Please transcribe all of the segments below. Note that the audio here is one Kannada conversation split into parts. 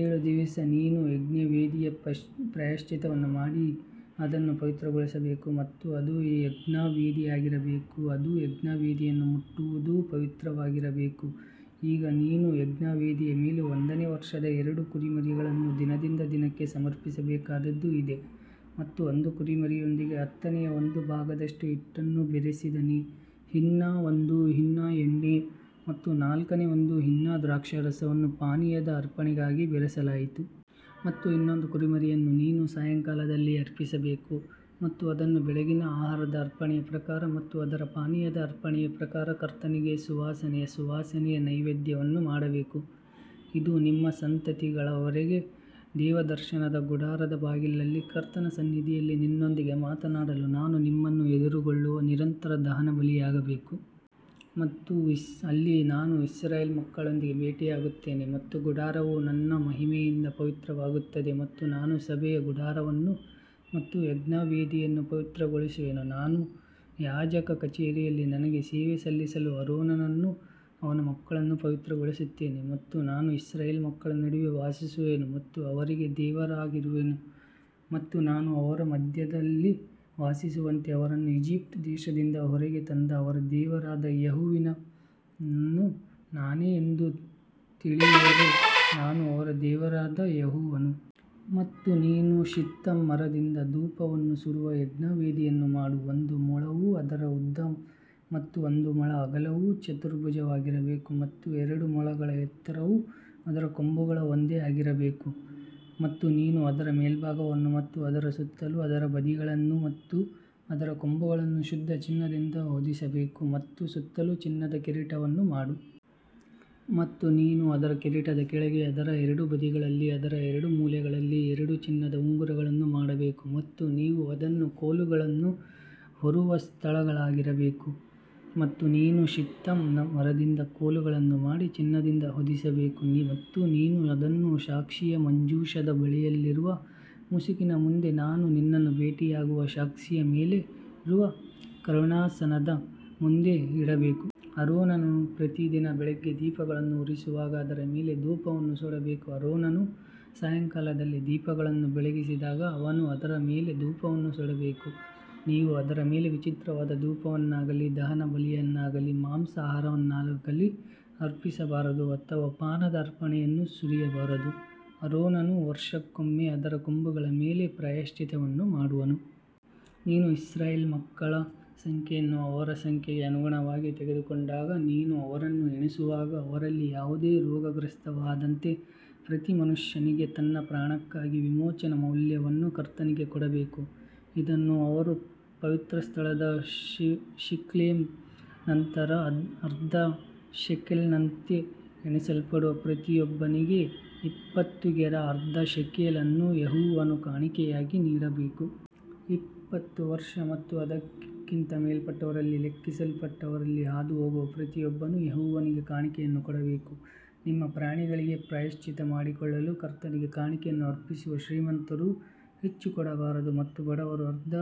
ಏಳು ದಿವಸ ನೀನು ಯಜ್ಞವೇದಿಯ ಪ್ರಾಯಶ್ಚಿತ್ತವನ್ನು ಮಾಡಿ ಅದನ್ನು ಪವಿತ್ರಗೊಳಿಸಬೇಕು ಮತ್ತು ಅದು ಯಜ್ಞವೇದಿಯಾಗಿರಬೇಕು ಅದು ಯಜ್ಞವೇದಿಯನ್ನು ಮುಟ್ಟುವದು ಪವಿತ್ರವಾಗಿರಬೇಕು. ಈಗ ನೀನು ಯಜ್ಞವೇದಿಯ ಮೇಲೆ ಒಂದನೇ ವರ್ಷದ ಎರಡು ಕುರಿಮರಿಗಳನ್ನು ದಿನದಿಂದ ದಿನಕ್ಕೆ ಸಮರ್ಪಿಸಬೇಕಾದದ್ದು ಇದೇ. ಮತ್ತು ಒಂದು ಕುರಿಮರಿಯೊಂದಿಗೆ ಹತ್ತನೆಯ ಒಂದು ಭಾಗದಷ್ಟು ಹಿಟ್ಟನ್ನು ಬೆರೆಸಿದ ಹಿನ್ನ ಒಂದು ಹಿನ್ನ ಎಣ್ಣೆ ಮತ್ತು ನಾಲ್ಕನೇ ಒಂದು ಹಿನ್ನ ದ್ರಾಕ್ಷಾರಸವನ್ನು ಪಾನೀಯದ ಅರ್ಪಣೆಗಾಗಿ ಬೆರೆಸಲಾಯಿತು. ಮತ್ತು ಇನ್ನೊಂದು ಕುರಿಮರಿಯನ್ನು ನೀನು ಸಾಯಂಕಾಲದಲ್ಲಿ ಅರ್ಪಿಸಬೇಕು ಮತ್ತು ಅದನ್ನು ಬೆಳಗಿನ ಆಹಾರದ ಅರ್ಪಣೆಯ ಪ್ರಕಾರ ಮತ್ತು ಅದರ ಪಾನೀಯದ ಅರ್ಪಣೆಯ ಪ್ರಕಾರ ಕರ್ತನಿಗೆ ಸುವಾಸನೆಯ ಸುವಾಸನೆಯ ನೈವೇದ್ಯವನ್ನು ಮಾಡಬೇಕು. ಇದು ನಿಮ್ಮ ಸಂತತಿಗಳ ವರೆಗೆ ದೇವದರ್ಶನದ ಗುಡಾರದ ಬಾಗಿಲಲ್ಲಿ ಕರ್ತನ ಸನ್ನಿಧಿಯಲ್ಲಿ ನಿನ್ನೊಂದಿಗೆ ಮಾತನಾಡಲು ನಾನು ನಿಮ್ಮನ್ನು ಎದುರುಗೊಳ್ಳುವ ನಿರಂತರ ದಹನಬಲಿಯಾಗಬೇಕು. ಮತ್ತು ಅಲ್ಲಿ ನಾನು ಇಸ್ರಾಯೇಲ್ ಮಕ್ಕಳೊಂದಿಗೆ ಭೇಟಿಯಾಗುತ್ತೇನೆ ಮತ್ತು ಗುಡಾರವು ನನ್ನ ಮಹಿಮೆಯಿಂದ ಪವಿತ್ರವಾಗುತ್ತದೆ ಮತ್ತು ನಾನು ಸಭೆಯ ಗುಡಾರವನ್ನು ಮತ್ತು ಯಜ್ಞವೇದಿಯನ್ನು ಪವಿತ್ರಗೊಳಿಸುವೆನು ನಾನು ಯಾಜಕ ಕಚೇರಿಯಲ್ಲಿ ನನಗೆ ಸೇವೆ ಸಲ್ಲಿಸಲು ಆರೋನನನ್ನೂ ಅವನ ಮಕ್ಕಳನ್ನೂ ಪವಿತ್ರಗೊಳಿಸುತ್ತೇನೆ. ಮತ್ತು ನಾನು ಇಸ್ರಾಯೇಲ್ ಮಕ್ಕಳ ನಡುವೆ ವಾಸಿಸುವೆನು ಮತ್ತು ಅವರಿಗೆ ದೇವರಾಗಿರುವೆನು ಮತ್ತು ನಾನು ಅವರ ಮಧ್ಯದಲ್ಲಿ ವಾಸಿಸುವಂತೆ ಅವರನ್ನು ಈಜಿಪ್ಟ್ ದೇಶದಿಂದ ಹೊರಗೆ ತಂದ ಅವರ ದೇವರಾದ ಯೆಹೋವನು ನಾನೇ ಎಂದು ಅವರು ತಿಳಿಯುವರು, ನಾನು ಅವರ ದೇವರಾದ ಯೆಹೋವನು. ಮತ್ತು ನೀನು ಶಿತ್ತಿಮ್ ಮರದಿಂದ ಧೂಪವನ್ನು ಸುಡುವ ಯಜ್ಞವೇದಿಯನ್ನು ಮಾಡು. ಒಂದು ಮೊಳವು ಅದರ ಉದ್ದ ಮತ್ತು ಒಂದು ಮೊಳ ಅಗಲವು ಚತುರ್ಭುಜವಾಗಿರಬೇಕು ಮತ್ತು ಎರಡು ಮೊಳಗಳ ಎತ್ತರವು ಅದರ ಕೊಂಬುಗಳು ಒಂದೇ ಆಗಿರಬೇಕು. ಮತ್ತು ನೀನು ಅದರ ಮೇಲ್ಭಾಗವನ್ನು ಮತ್ತು ಅದರ ಸುತ್ತಲೂ ಅದರ ಬದಿಗಳನ್ನು ಮತ್ತು ಅದರ ಕೊಂಬುಗಳನ್ನು ಶುದ್ಧ ಚಿನ್ನದಿಂದ ಹೊದಿಸಬೇಕು ಮತ್ತು ಸುತ್ತಲೂ ಚಿನ್ನದ ಕಿರೀಟವನ್ನು ಮಾಡು. ಮತ್ತು ನೀವು ಅದರ ಕಿರೀಟದ ಕೆಳಗೆ ಅದರ ಎರಡು ಬದಿಗಳಲ್ಲಿ ಅದರ ಎರಡು ಮೂಲೆಗಳಲ್ಲಿ ಎರಡು ಚಿನ್ನದ ಉಂಗುರಗಳನ್ನು ಮಾಡಬೇಕು ಮತ್ತು ನೀವು ಅದನ್ನು ಕೋಲುಗಳನ್ನು ಹೊರುವ ಸ್ಥಳಗಳಾಗಿರಬೇಕು. ಮತ್ತು ನೀನು ಶಿತ್ತಿಮ್ ಮರದಿಂದ ಕೋಲುಗಳನ್ನು ಮಾಡಿ ಚಿನ್ನದಿಂದ ಹೊದಿಸಬೇಕು ಮತ್ತು ನೀನು ಅದನ್ನು ಸಾಕ್ಷಿಯ ಮಂಜೂಷದ ಬಳಿಯಲ್ಲಿರುವ ಮುಸುಕಿನ ಮುಂದೆ ನಾನು ನಿನ್ನನ್ನು ಭೇಟಿಯಾಗುವ ಸಾಕ್ಷಿಯ ಮೇಲಿರುವ ಕರುಣಾಾಸನದ ಮುಂದೆ ಇಡಬೇಕು. ಆರೋನನು ಪ್ರತಿದಿನ ಬೆಳಿಗ್ಗೆ ದೀಪಗಳನ್ನು ಉರಿಸುವಾಗ ಅದರ ಮೇಲೆ ಧೂಪವನ್ನು ಸುಡಬೇಕು. ಆರೋನನು ಸಾಯಂಕಾಲದಲ್ಲಿ ದೀಪಗಳನ್ನು ಬೆಳಗಿಸಿದಾಗ ಅವನು ಅದರ ಮೇಲೆ ಧೂಪವನ್ನು ಸುಡಬೇಕು. ನೀವು ಅದರ ಮೇಲೆ ವಿಚಿತ್ರವಾದ ಧೂಪವನ್ನಾಗಲಿ ದಹನಬಲಿಯಾಗಲಿ ಮಾಂಸಾಹಾರವನ್ನಾಗಲಿ ಅರ್ಪಿಸಬಾರದು ಅಥವಾ ಪಾನದ ಅರ್ಪಣೆಯನ್ನು ಸುರಿಯಬಾರದು. ಆರೋನನು ವರುಷಕ್ಕೊಮ್ಮೆ ಅದರ ಕೊಂಬುಗಳ ಮೇಲೆ ಪ್ರಾಯಶ್ಚಿತ್ತವನ್ನು ಮಾಡುವನು. ನೀನು ಇಸ್ರಾಯೇಲ್ ಮಕ್ಕಳ ಸಂಖ್ಯೆಯನ್ನು ಅವರ ಸಂಖ್ಯೆಗೆ ಅನುಗುಣವಾಗಿ ತೆಗೆದುಕೊಂಡಾಗ ನೀನು ಅವರನ್ನು ಎಣಿಸುವಾಗ ಅವರಲ್ಲಿ ಯಾವುದೇ ರೋಗಗ್ರಸ್ತವಾಗದಂತೆ ಪ್ರತಿ ಮನುಷ್ಯನಿಗೆ ತನ್ನ ಪ್ರಾಣಕ್ಕಾಗಿ ವಿಮೋಚನಾ ಮೌಲ್ಯವನ್ನು ಕರ್ತನಿಗೆ ಕೊಡಬೇಕು. ಇದನ್ನು ಅವರು ಪವಿತ್ರಸ್ಥಳದ ಶೇಕೆಲ್ನ ನಂತರ ಅರ್ಧ ಶೆಕೆಲ್ನಂತೆ ಎಣಿಸಲ್ಪಡುವ ಪ್ರತಿಯೊಬ್ಬನಿಗೆ ಇಪ್ಪತ್ತು ಗೇರಾ ಅರ್ಧ ಶೆಕೆಲ್ ಅನ್ನು ಯೆಹೋವನ ಕಾಣಿಕೆಯಾಗಿ ನೀಡಬೇಕು. ಇಪ್ಪತ್ತು ವರ್ಷ ಮತ್ತು ಅದಕ್ಕಿಂತ ಮೇಲ್ಪಟ್ಟವರಲ್ಲಿ ಲೆಕ್ಕಿಸಲ್ಪಟ್ಟವರಲ್ಲಿ ಹಾದುಹೋಗುವ ಪ್ರತಿಯೊಬ್ಬನು ಯೆಹೋವನಿಗೆ ಕಾಣಿಕೆಯನ್ನು ಕೊಡಬೇಕು. ನಿಮ್ಮ ಪ್ರಾಣಗಳಿಗೆ ಪ್ರಾಯಶ್ಚಿತ್ತ ಮಾಡಿಕೊಳ್ಳಲು ಕರ್ತನಿಗೆ ಕಾಣಿಕೆಯನ್ನು ಅರ್ಪಿಸುವಾಗ ಶ್ರೀಮಂತರು ಹೆಚ್ಚು ಕೊಡಬಾರದು ಮತ್ತು ಬಡವರು ಅರ್ಧ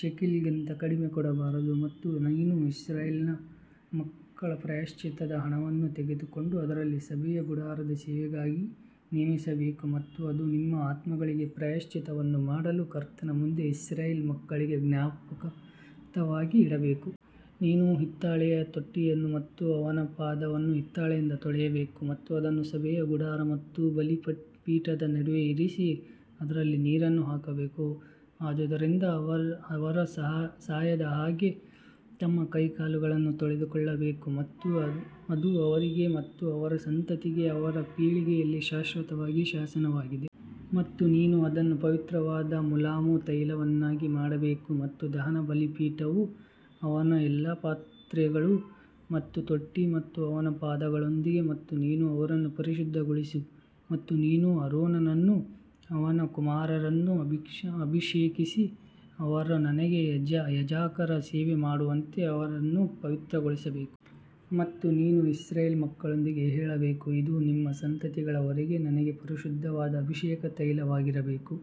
ಶೇಕೆಲ್ಗಿಂತ ಕಡಿಮೆ ಕೊಡಬಾರದು. ಮತ್ತು ನೀನು ಇಸ್ರಾಯೇಲ್ ಮಕ್ಕಳ ಪ್ರಾಯಶ್ಚಿತ್ತದ ಹಣವನ್ನು ತೆಗೆದುಕೊಂಡು ಅದನ್ನು ಸಭೆಯ ಗುಡಾರದ ಸೇವೆಗಾಗಿ ನೇಮಿಸಬೇಕು ಮತ್ತು ಅದು ನಿಮ್ಮ ಆತ್ಮಗಳಿಗೆ ಪ್ರಾಯಶ್ಚಿತ್ತವನ್ನು ಮಾಡಲು ಕರ್ತನ ಮುಂದೆ ಇಸ್ರಾಯೇಲ್ ಮಕ್ಕಳಿಗೆ ಜ್ಞಾಪಕಾರ್ಥವಾಗಿ ಇಡಬೇಕು. ನೀನು ಹಿತ್ತಾಳೆಯ ತೊಟ್ಟಿಯನ್ನು ಮತ್ತು ಅವನ ಪಾದವನ್ನು ಹಿತ್ತಾಳೆಯಿಂದ ತೊಳೆಯಬೇಕು ಮತ್ತು ಅದನ್ನು ಸಭೆಯ ಗುಡಾರ ಮತ್ತು ಬಲಿಪೀಠದ ನಡುವೆ ಇರಿಸಿ ಅದರಲ್ಲಿ ನೀರನ್ನು ಹಾಕಬೇಕು. ಆದುದರಿಂದ ಅವರು ಸಾಯದ ಹಾಗೆ ತಮ್ಮ ಕೈಕಾಲುಗಳನ್ನು ತೊಳೆದುಕೊಳ್ಳಬೇಕು ಮತ್ತು ಅದು ಅವರಿಗೆ ಮತ್ತು ಅವರ ಸಂತತಿಗೆ ಅವರ ಪೀಳಿಗೆಯಲ್ಲಿ ಶಾಶ್ವತವಾದ ಶಾಸನವಾಗಿದೆ. ಮತ್ತು ನೀನು ಅದನ್ನು ಪವಿತ್ರವಾದ ಮುಲಾಮು ತೈಲವನ್ನಾಗಿ ಮಾಡಬೇಕು ಮತ್ತು ದಹನ ಬಲಿಪೀಠವು ಅವನ ಎಲ್ಲಾ ಪಾತ್ರೆಗಳು ಮತ್ತು ತೊಟ್ಟಿ ಮತ್ತು ಅವನ ಪಾದಗಳೊಂದಿಗೆ ಮತ್ತು ನೀನು ಅವರನ್ನು ಪರಿಶುದ್ಧಗೊಳಿಸು ಮತ್ತು ನೀನು ಆರೋನನನ್ನೂ ಅವನ ಕುಮಾರರನ್ನೂ ಅಭಿಷೇಕಿಸಿ ಅವರು ನನಗೆ ಯಾಜಕರ ಸೇವೆಮಾಡುವಂತೆ ಅವರನ್ನು ಪವಿತ್ರಗೊಳಿಸಬೇಕು. ಮತ್ತು ನೀನು ಇಸ್ರಾಯೇಲ್ ಮಕ್ಕಳೊಂದಿಗೆ ಹೇಳಬೇಕು ಇದು ನಿಮ್ಮ ಸಂತತಿಗಳ ವರೆಗೆ ನನಗೆ ಪರಿಶುದ್ಧವಾದ ಅಭಿಷೇಕ ತೈಲವಾಗಿರಬೇಕು.